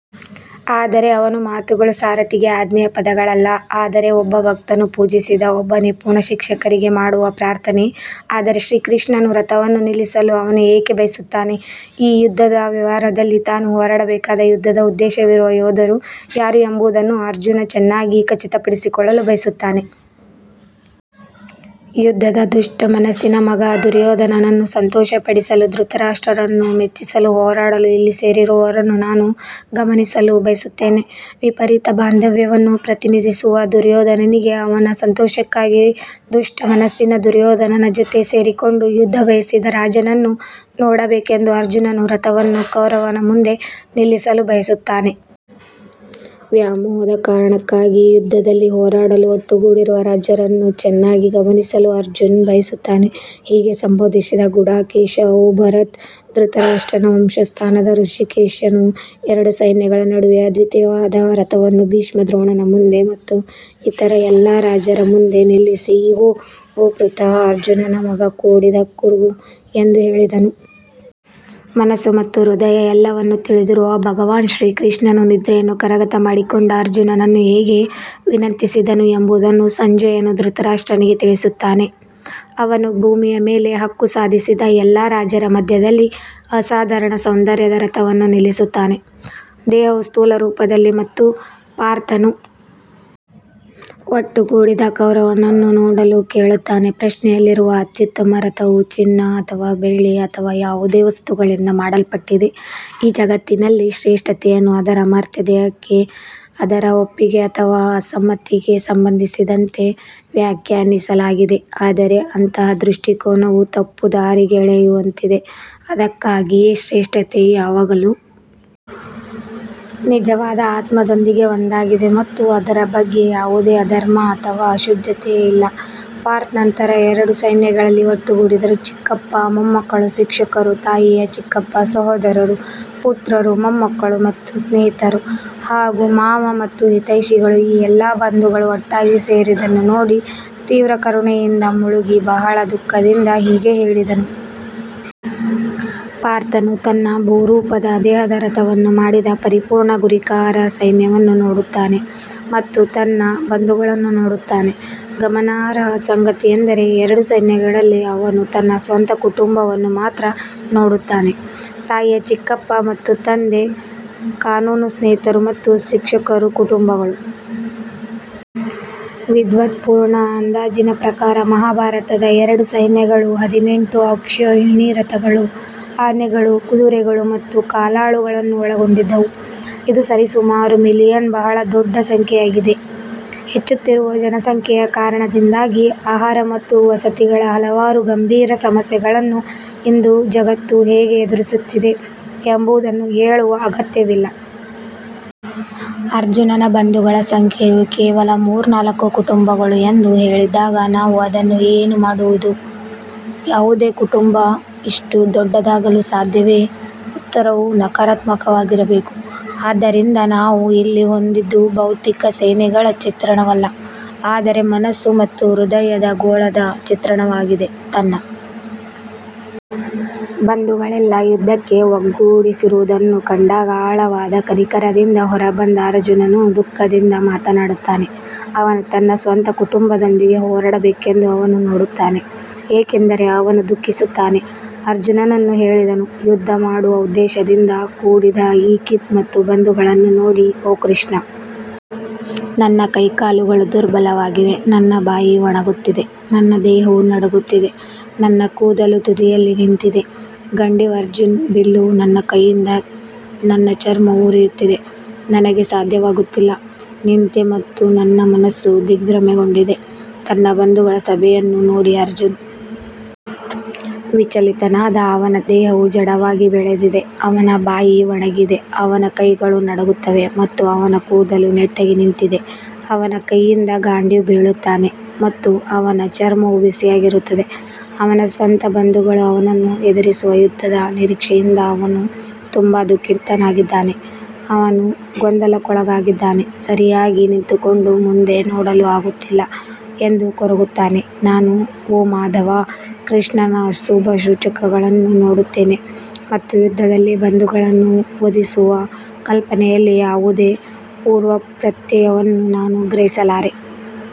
ಆದರೆ ಅವನ ಮಾತುಗಳು ಸಾರಥಿಗೆ ಆಜ್ಞೆಯ ಪದಗಳಲ್ಲ ಆದರೆ ಒಬ್ಬ ಭಕ್ತನು ಪೂಜಿಸಿದ ಒಬ್ಬ ನಿಪುಣ ಶಿಕ್ಷಕರಿಗೆ ಮಾಡುವ ಪ್ರಾರ್ಥನೆ ಆದರೆ ಶ್ರೀಕೃಷ್ಣನು ರಥವನ್ನು ನಿಲ್ಲಿಸಲು ಅವನು ಏಕೆ ಬಯಸುತ್ತಾನೆ ಈ ಯುದ್ಧದ ವ್ಯವಹಾರದಲ್ಲಿ ತಾನು ಹೋರಾಡಬೇಕಾದ ಯುದ್ಧದ ಉದ್ದೇಶವಿರುವ ಯೋಧರು ಯಾರು ಎಂಬುದನ್ನು ಅರ್ಜುನ್ ಚೆನ್ನಾಗಿ ಖಚಿತಪಡಿಸಿಕೊಳ್ಳಲು ಬಯಸುತ್ತಾನೆ. ಯುದ್ಧದಲ್ಲಿ ದುಷ್ಟ ಮನಸ್ಸಿನ ಮಗ ದುರ್ಯೋಧನನನ್ನು ಸಂತೋಷಪಡಿಸಲು ಧೃತರಾಷ್ಟ್ರರನ್ನು ಮೆಚ್ಚಿಸಲು ಹೋರಾಡಲು ಇಲ್ಲಿ ಸೇರಿರುವವರನ್ನು ನಾನು ಗಮನಿಸಲು ಬಯಸುತ್ತೇನೆ. ವಿಪರೀತ ಬಾಂಧವ್ಯವನ್ನು ಪ್ರತಿನಿಧಿಸುವ ದುರ್ಯೋಧನನಿಗೆ ಅವನ ಸಂತೋಷಕ್ಕಾಗಿ ದುಷ್ಟ ಮನಸ್ಸಿನ ದುರ್ಯೋಧನನ ಜೊತೆ ಸೇರಿಕೊಂಡು ಯುದ್ಧ ಬಯಸಿದ ರಾಜರನ್ನು ನೋಡಬೇಕೆಂದು ಅರ್ಜುನನು ರಥವನ್ನು ಕೌರವನ ಮುಂದೆ ನಿಲ್ಲಿಸಲು ಬಯಸುತ್ತಾನೆ. ವ್ಯಾಮೋಹದ ಕಾರಣಕ್ಕಾಗಿ ಯುದ್ಧದಲ್ಲಿ ಹೋರಾಡಲು ಒಟ್ಟುಗೂಡಿರುವ ರಾಜರನ್ನು ಚೆನ್ನಾಗಿ ಗಮನಿಸಲು ಅರ್ಜುನ್ ಬಯಸುತ್ತಾನೆ ಹೀಗೆ ಸಂಬೋಧಿಸಿದ ಗುಡಾಕೇಶ ಓ ಭರತ ಧೃತರಾಷ್ಟ್ರನ ವಂಶಸ್ಥನಾದ ಹೃಷಿಕೇಶನು ಎರಡು ಸೈನ್ಯಗಳ ನಡುವೆ ಅದ್ವಿತೀಯವಾದ ರಥವನ್ನು ಭೀಷ್ಮ ದ್ರೋಣನ ಮುಂದೆ ಮತ್ತು ಇತರ ಎಲ್ಲಾ ರಾಜರ ಮುಂದೆ ನಿಲ್ಲಿಸಿ ಇಗೋ ಓ ಪೃಥ ಅರ್ಜುನನ ಮಗ ಕೂಡಿದ ಕುರು ಎಂದು ಹೇಳಿದನು. ಮನಸ್ಸು ಮತ್ತು ಹೃದಯದ ಎಲ್ಲವನ್ನೂ ತಿಳಿದಿರುವ ಭಗವಾನ್ ಶ್ರೀಕೃಷ್ಣನು ನಿದ್ರೆಯನ್ನು ಕರಗತ ಮಾಡಿಕೊಂಡ ಅರ್ಜುನನು ಹೇಗೆ ವಿನಂತಿಸಿದನು ಎಂಬುದನ್ನು ಸಂಜಯನು ಧೃತರಾಷ್ಟ್ರನಿಗೆ ತಿಳಿಸುತ್ತಾನೆ, ಅವನು ಭೂಮಿಯ ಮೇಲೆ ಹಕ್ಕು ಸಾಧಿಸಿದ ಎಲ್ಲಾ ರಾಜರ ಮಧ್ಯದಲ್ಲಿ ಅಸಾಧಾರಣ ಸೌಂದರ್ಯದ ರಥವನ್ನು ನಿಲ್ಲಿಸುತ್ತಾನೆ. ದೇಹವು ಸ್ಥೂಲರೂಪದಲ್ಲಿದೆ ಮತ್ತು ಪಾರ್ಥನು ಒಟ್ಟುಗೂಡಿದ ಕೌರವನನ್ನು ನೋಡಲು ಕೇಳುತ್ತಾನೆ ಪ್ರಶ್ನೆಯಲ್ಲಿರುವ ಅತ್ಯುತ್ತಮ ರಥವು ಚಿನ್ನ ಅಥವಾ ಬೆಳ್ಳಿ ಅಥವಾ ಯಾವುದೇ ವಸ್ತುಗಳಿಂದ ಮಾಡಲ್ಪಟ್ಟಿದೆ ಈ ಜಗತ್ತಿನಲ್ಲಿ ಶ್ರೇಷ್ಠತೆಯನ್ನು ಅದರ ಮರ್ತ್ಯ ದೇಹಕ್ಕೆ ಅದರ ಒಪ್ಪಿಗೆ ಅಥವಾ ಅಸಮ್ಮತಿಗೆ ಸಂಬಂಧಿಸಿದಂತೆ ವ್ಯಾಖ್ಯಾನಿಸಲಾಗಿದೆ ಆದರೆ ಅಂತಹ ದೃಷ್ಟಿಕೋನವು ತಪ್ಪುದಾರಿಗೆಳೆಯುವಂತಿದೆ, ಅದಕ್ಕಾಗಿಯೇ ಶ್ರೇಷ್ಠತೆ ಯಾವಾಗಲೂ ನಿಜವಾದ ಆತ್ಮದೊಂದಿಗೆ ಒಂದಾಗಿದೆ ಮತ್ತು ಅದರ ಬಗ್ಗೆ ಯಾವುದೇ ಅಧರ್ಮ ಅಥವಾ ಅಶುದ್ಧತೆ ಇಲ್ಲ ಪಾರ್ಥ್ ನಂತರ ಎರಡು ಸೈನ್ಯಗಳಲ್ಲಿ ಒಟ್ಟುಗೂಡಿದರು ಚಿಕ್ಕಪ್ಪ ಮೊಮ್ಮಕ್ಕಳು ಶಿಕ್ಷಕರು ತಾಯಿಯ ಚಿಕ್ಕಪ್ಪ ಸಹೋದರರು ಪುತ್ರರು ಮೊಮ್ಮಕ್ಕಳು ಮತ್ತು ಸ್ನೇಹಿತರು ಹಾಗೂ ಮಾವ ಮತ್ತು ಹಿತೈಷಿಗಳು ಈ ಎಲ್ಲ ಬಂಧುಗಳು ಒಟ್ಟಾಗಿ ಸೇರಿದ್ದನ್ನು ನೋಡಿ ತೀವ್ರ ಕರುಣೆಯಿಂದ ಮುಳುಗಿ ಬಹಳ ದುಃಖದಿಂದ ಹೀಗೆ ಹೇಳಿದನು. ಪಾರ್ಥನು ತನ್ನ ಭೂರೂಪದ ದೇಹದ ರಥವನ್ನು ಮಾಡಿದ ಪರಿಪೂರ್ಣ ಗುರಿಕಾರ ಸೈನ್ಯವನ್ನು ನೋಡುತ್ತಾನೆ ಮತ್ತು ತನ್ನ ಬಂಧುಗಳನ್ನು ನೋಡುತ್ತಾನೆ ಗಮನಾರ್ಹ ಸಂಗತಿಯೆಂದರೆ, ಎರಡು ಸೈನ್ಯಗಳಲ್ಲಿ ಅವನು ತನ್ನ ಸ್ವಂತ ಕುಟುಂಬವನ್ನು ಮಾತ್ರ ನೋಡುತ್ತಾನೆ ತಾಯಿಯ ಚಿಕ್ಕಪ್ಪ ಮತ್ತು ತಂದೆ ಕಾನೂನು ಸ್ನೇಹಿತರು ಮತ್ತು ಶಿಕ್ಷಕರ ಕುಟುಂಬಗಳು. ವಿದ್ವತ್ಪೂರ್ಣ ಅಂದಾಜಿನ ಪ್ರಕಾರ ಮಹಾಭಾರತದ ಎರಡು ಸೈನ್ಯಗಳು ಹದಿನೆಂಟು ಅಕ್ಷೌಹಿಣಿ ರಥಗಳು ಆನೆಗಳು ಕುದುರೆಗಳು ಮತ್ತು ಕಾಲಾಳುಗಳನ್ನು ಒಳಗೊಂಡಿದ್ದವು, ಇದು ಸರಿಸುಮಾರು ಮಿಲಿಯನ್ ಬಹಳ ದೊಡ್ಡ ಸಂಖ್ಯೆಯಾಗಿದೆ. ಹೆಚ್ಚುತ್ತಿರುವ ಜನಸಂಖ್ಯೆಯ ಕಾರಣದಿಂದಾಗಿ ಆಹಾರ ಮತ್ತು ವಸತಿಗಳ ಹಲವಾರು ಗಂಭೀರ ಸಮಸ್ಯೆಗಳನ್ನು ಇಂದು ಜಗತ್ತು ಹೇಗೆ ಎದುರಿಸುತ್ತಿದೆ ಎಂಬುದನ್ನು ಹೇಳುವ ಅಗತ್ಯವಿಲ್ಲ. ಅರ್ಜುನನ ಬಂಧುಗಳ ಸಂಖ್ಯೆಯು ಕೇವಲ ಮೂರ್ನಾಲ್ಕು ಕುಟುಂಬಗಳು ಎಂದು ಹೇಳಿದಾಗ ನಾವು ಅದನ್ನು ಏನು ಮಾಡುವುದು? ಯಾವುದೇ ಕುಟುಂಬ ಇಷ್ಟು ದೊಡ್ಡದಾಗಲು ಸಾಧ್ಯವೇ ಉತ್ತರವು ನಕಾರಾತ್ಮಕವಾಗಿರಬೇಕು ಆದ್ದರಿಂದ ನಾವು ಇಲ್ಲಿ ಹೊಂದಿದ್ದು ಭೌತಿಕ ಸೇನೆಗಳ ಚಿತ್ರಣವಲ್ಲ ಆದರೆ ಮನಸ್ಸು ಮತ್ತು ಹೃದಯದ ಗೋಳದ ಚಿತ್ರಣವಾಗಿದೆ ತನ್ನ ಬಂಧುಗಳೆಲ್ಲ ಯುದ್ಧಕ್ಕೆ ಒಗ್ಗೂಡಿಸಿರುವುದನ್ನು ಕಂಡಾಗ ಆಳವಾದ ಕನಿಕರದಿಂದ ಹೊರಬಂದ ಅರ್ಜುನನು ದುಃಖದಿಂದ ಮಾತನಾಡುತ್ತಾನೆ ಅವನು ತನ್ನ ಸ್ವಂತ ಕುಟುಂಬದೊಂದಿಗೆ ಹೋರಾಡಬೇಕೆಂದು ಅವನು ನೋಡುತ್ತಾನೆ ಏಕೆಂದರೆ ಅವನು ದುಃಖಿಸುತ್ತಾನೆ ಅರ್ಜುನನು ಹೇಳಿದನು ಯುದ್ಧ ಮಾಡುವ ಉದ್ದೇಶದಿಂದ ಕೂಡಿದ ಈ ಕಿತ್ ಮತ್ತು ಬಂಧುಗಳನ್ನು ನೋಡಿ ಓ ಕೃಷ್ಣ ನನ್ನ ಕೈಕಾಲುಗಳು ದುರ್ಬಲವಾಗಿವೆ ನನ್ನ ಬಾಯಿ ಒಣಗುತ್ತಿದೆ ನನ್ನ ದೇಹವು ನಡುಗುತ್ತಿದೆ ನನ್ನ ಕೂದಲು ತುದಿಯಲ್ಲಿ ನಿಂತಿದೆ ಗಂಡೀವ್ ಅರ್ಜುನ್ ಬಿಲ್ಲು ನನ್ನ ಕೈಯಿಂದ ನನ್ನ ಚರ್ಮವು ಉರಿಯುತ್ತಿದೆ ನನಗೆ ಸಾಧ್ಯವಾಗುತ್ತಿಲ್ಲ ನಿಂತೆ ಮತ್ತು ನನ್ನ ಮನಸ್ಸು ದಿಗ್ಭ್ರಮೆಗೊಂಡಿದೆ ತನ್ನ ಬಂಧುಗಳ ಸಭೆಯನ್ನು ನೋಡಿ ಅರ್ಜುನ್ ವಿಚಲಿತನಾದ ಅವನ ದೇಹವು ಜಡವಾಗಿ ಬೆಳೆದಿದೆ ಅವನ ಬಾಯಿ ಒಣಗಿದೆ ಅವನ ಕೈಗಳು ನಡುಗುತ್ತವೆ ಮತ್ತು ಅವನ ಕೂದಲು ನೆಟ್ಟಗೆ ನಿಂತಿದೆ ಅವನ ಕೈಯಿಂದ ಗಾಂಡೀವ್ ಬೀಳುತ್ತಾನೆ ಮತ್ತು ಅವನ ಚರ್ಮವು ಬಿಸಿಯಾಗಿರುತ್ತದೆ ಅವನ ಸ್ವಂತ ಬಂಧುಗಳು ಅವನನ್ನು ಎದುರಿಸುವ ಯುದ್ಧದ ನಿರೀಕ್ಷೆಯಿಂದ ಅವನು ತುಂಬಾ ದುಃಖಿತನಾಗಿದ್ದಾನೆ ಅವನು ಗೊಂದಲಕ್ಕೊಳಗಾಗಿದ್ದಾನೆ ಸರಿಯಾಗಿ ನಿಂತುಕೊಂಡು ಮುಂದೆ ನೋಡಲೂ ಆಗುತ್ತಿಲ್ಲ ಎಂದು ಕೊರಗುತ್ತಾನೆ ನಾನು ಓ ಮಾಧವ ಕೃಷ್ಣನ ಅಶುಭ ಸೂಚಕಗಳನ್ನು ನೋಡುತ್ತೇನೆ ಮತ್ತು ಯುದ್ಧದಲ್ಲಿ ಬಂಧುಗಳನ್ನು ವಧಿಸುವ ಕಲ್ಪನೆಯಲ್ಲಿ ಯಾವುದೇ ಪೂರ್ವಪ್ರತ್ಯಯವನ್ನು ನಾನು ಗ್ರಹಿಸಲಾರೆ.